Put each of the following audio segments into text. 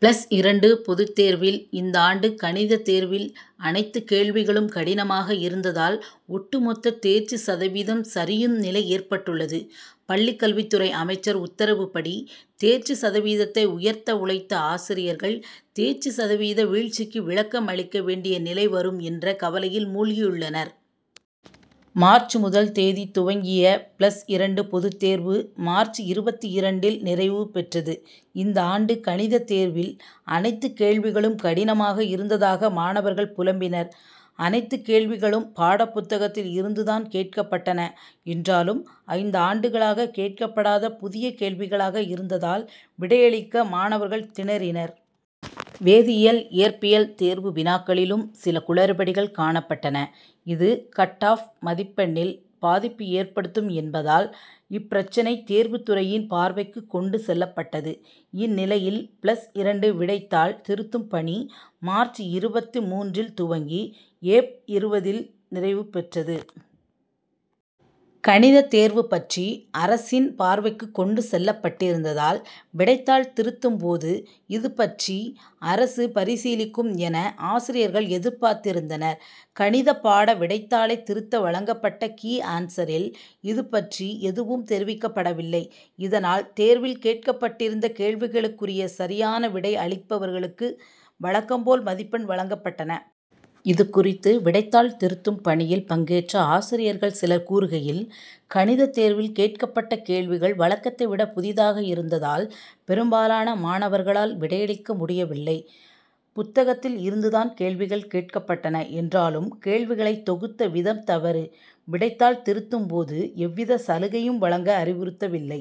Plus இரண்டு பொதுத்தேர்வில் இந்தாண்டு கணித தேர்வில் அனைத்து கேள்விகளும் கடினமாக இருந்ததால் ஒட்டுமொத்த தேர்ச்சி சதவீதம் சரியும் நிலை ஏற்பட்டுள்ளது. பள்ளி கல்வித்துறை அமைச்சர் உத்தரவுப்படி தேர்ச்சி சதவீதத்தை உயர்த்த உழைத்த ஆசிரியர்கள் தேர்ச்சி சதவீத வீழ்ச்சிக்கு விளக்கம் அளிக்க வேண்டிய நிலை வரும் என்ற கவலையில் மூழ்கியுள்ளனர். மார்ச் முதல் தேதி துவங்கிய பிளஸ் இரண்டு பொது தேர்வு மார்ச் இருபத்து இரண்டு இல் நிறைவு பெற்றது. இந்தாண்டு கணித தேர்வில் அனைத்துக் கேள்விகளும் கடினமாக இருந்ததாக மாணவர்கள் புலம்பினர். அனைத்து கேள்விகளும் பாடப்புத்தகத்தில் இருந்துதான் கேட்கப்பட்டன என்றாலும் ஐந்தாண்டுகளாக கேட்கப்படாத புதிய கேள்விகளாக இருந்ததால் விடையளிக்க மாணவர்கள் திணறினர். வேதியியல் இயற்பியல் தேர்வு வினாக்களிலும் சில குளறுபடிகள் காணப்பட்டன. இது கட் ஆப் மதிப்பெண்ணில் பாதிப்பு ஏற்படுத்தும் என்பதால் இப்பிரச்னை தேர்வு துறையின் பார்வைக்கு கொண்டு செல்லப்பட்டது. இந்நிலையில் பிளஸ் இரண்டு விடைத்தாள் திருத்தும் பணி மார்ச் இருபத்து மூன்று ல் துவங்கி ஏப். இருபது இல் நிறைவு பெற்றது. கணித தேர்வு பற்றி அரசின் பார்வைக்கு கொண்டு செல்லப்பட்டிருந்ததால் விடைத்தாள் திருத்தும்போது இதுபற்றி அரசு பரிசீலிக்கும் என ஆசிரியர்கள் எதிர்பார்த்திருந்தனர். கணித பாட விடைத்தாளை திருத்த வழங்கப்பட்ட கீ ஆன்சரில் இதுபற்றி எதுவும் தெரிவிக்கப்படவில்லை. இதனால் தேர்வில் கேட்கப்பட்டிருந்த கேள்விகளுக்குரிய சரியான விடை அளிப்பவர்களுக்கு வழக்கம் போல் மதிப்பெண் வழங்கப்பட்டன. இதுகுறித்து விடைத்தாள் திருத்தும் பணியில் பங்கேற்ற ஆசிரியர்கள் சிலர் கூறுகையில் கணித தேர்வில் கேட்கப்பட்ட கேள்விகள் வழக்கத்தை விட புதிதாக இருந்ததால் பெரும்பாலான மாணவர்களால் விடையளிக்க முடியவில்லை. புத்தகத்தில் இருந்துதான் கேள்விகள் கேட்கப்பட்டன என்றாலும் கேள்விகளை தொகுத்த விதம் தவறு. விடைத்தாள் திருத்தும்போது எவ்வித சலுகையும் வழங்க அறிவுறுத்தவில்லை.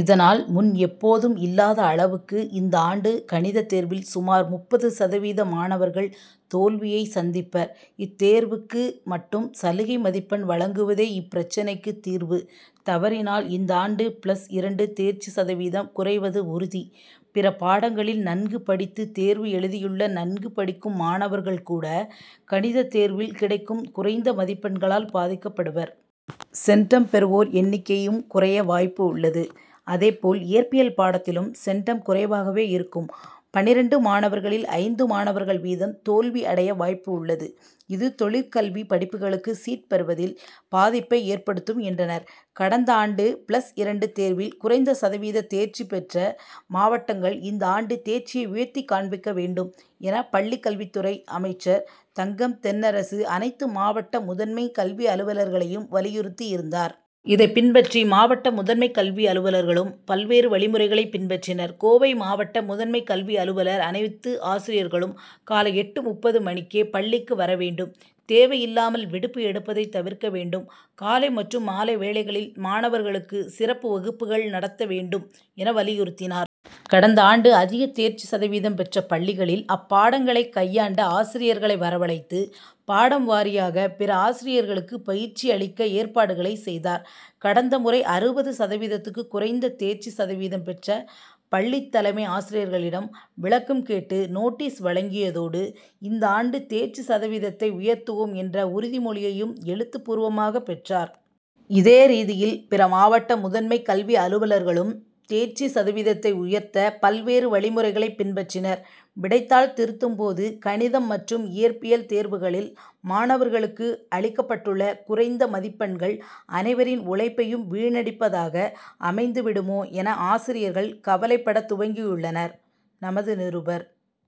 இதனால் முன் எப்போதும் இல்லாத அளவுக்கு இந்தாண்டு கணித தேர்வில் சுமார் முப்பது சதவீத மாணவர்கள் தோல்வியை சந்திப்பர். இத்தேர்வுக்கு மட்டும் சலுகை மதிப்பெண் வழங்குவதே இப்பிரச்னைக்கு தீர்வு. தவறினால் இந்தாண்டு பிளஸ் இரண்டு தேர்ச்சி சதவீதம் குறைவது உறுதி. பிற பாடங்களில் நன்கு படித்து தேர்வு எழுதியுள்ள நன்கு படிக்கும் மாணவர்கள் கூட கணித தேர்வில் கிடைக்கும் குறைந்த மதிப்பெண்களால் பாதிக்கப்படுவர். சென்டம் பெறுவோர் எண்ணிக்கையும் குறைய வாய்ப்புள்ளது. அதேபோல் இயற்பியல் பாடத்திலும் சென்டம் குறைவாகவே இருக்கும். பன்னிரண்டு மாணவர்களில் ஐந்து மாணவர்கள் வீதம் தோல்வி அடைய வாய்ப்புள்ளது. இதுதொழிற் கல்வி படிப்புகளுக்கு சீட் பெறுவதில் பாதிப்பை ஏற்படுத்தும் என்றனர். கடந்தாண்டு பிளஸ் இரண்டு தேர்வில் குறைந்த சதவீத தேர்ச்சி பெற்ற மாவட்டங்கள் இந்தாண்டு தேர்ச்சியை உயர்த்திக் காண்பிக்க வேண்டும் என பள்ளி கல்வித் துறை அமைச்சர் தங்கம் தென்னரசு அனைத்து மாவட்ட முதன்மை கல்வி அலுவலர்களையும் வலியுறுத்தியிருந்தார். இதைப்பின்பற்றி மாவட்ட முதன்மை கல்வி அலுவலர்களும் பல்வேறு வழிமுறைகளை பின்பற்றினர். கோவை மாவட்ட முதன்மை கல்வி அலுவலர் அனைத்து ஆசிரியர்களும் காலை எட்டு முப்பது மணிக்கே பள்ளிக்கு வர வேண்டும் தேவையில்லாமல் விடுப்பு எடுப்பதை தவிர்க்க வேண்டும். காலை மற்றும் மாலை வேளைகளில் மாணவர்களுக்கு சிறப்பு வகுப்புகள் நடத்த வேண்டும் என வலியுறுத்தினார். கடந்த ஆண்டு அதிக தேர்ச்சி சதவீதம் பெற்ற பள்ளிகளில் அப்பாடங்களை கையாண்ட ஆசிரியர்களை வரவழைத்து பாடம் வாரியாக பிற ஆசிரியர்களுக்கு பயிற்சி அளிக்க ஏற்பாடுகளை செய்தார். கடந்த முறை அறுபது சதவீதத்துக்கு குறைந்த தேர்ச்சி சதவீதம் பெற்ற பள்ளி தலைமை ஆசிரியர்களிடம் விளக்கம் கேட்டு நோட்டீஸ் வழங்கியதோடு இந்த ஆண்டு தேர்ச்சி சதவீதத்தை உயர்த்துவோம் என்ற உறுதி மொழியையும் எழுத்துப் பூர்வமாக பெற்றார். இதே ரீதியில் பிற மாவட்ட முதன்மை கல்வி அலுவலர்களும் தேர்ச்சி சதவீதத்தை உயர்த்த பல்வேறு வழிமுறைகளை பின்பற்றினர். விடைத்தாள் திருத்தும் போது கணிதம் மற்றும் இயற்பியல் தேர்வுகளில் மாணவர்களுக்கு அளிக்கப்பட்டுள்ள குறைந்த மதிப்பெண்கள் அனைவரின் உழைப்பையும் வீணடிப்பதாக அமைந்து விடுமோ என ஆசிரியர்கள் கவலைப்பட துவங்கியுள்ளனர். நமது நிருபர்.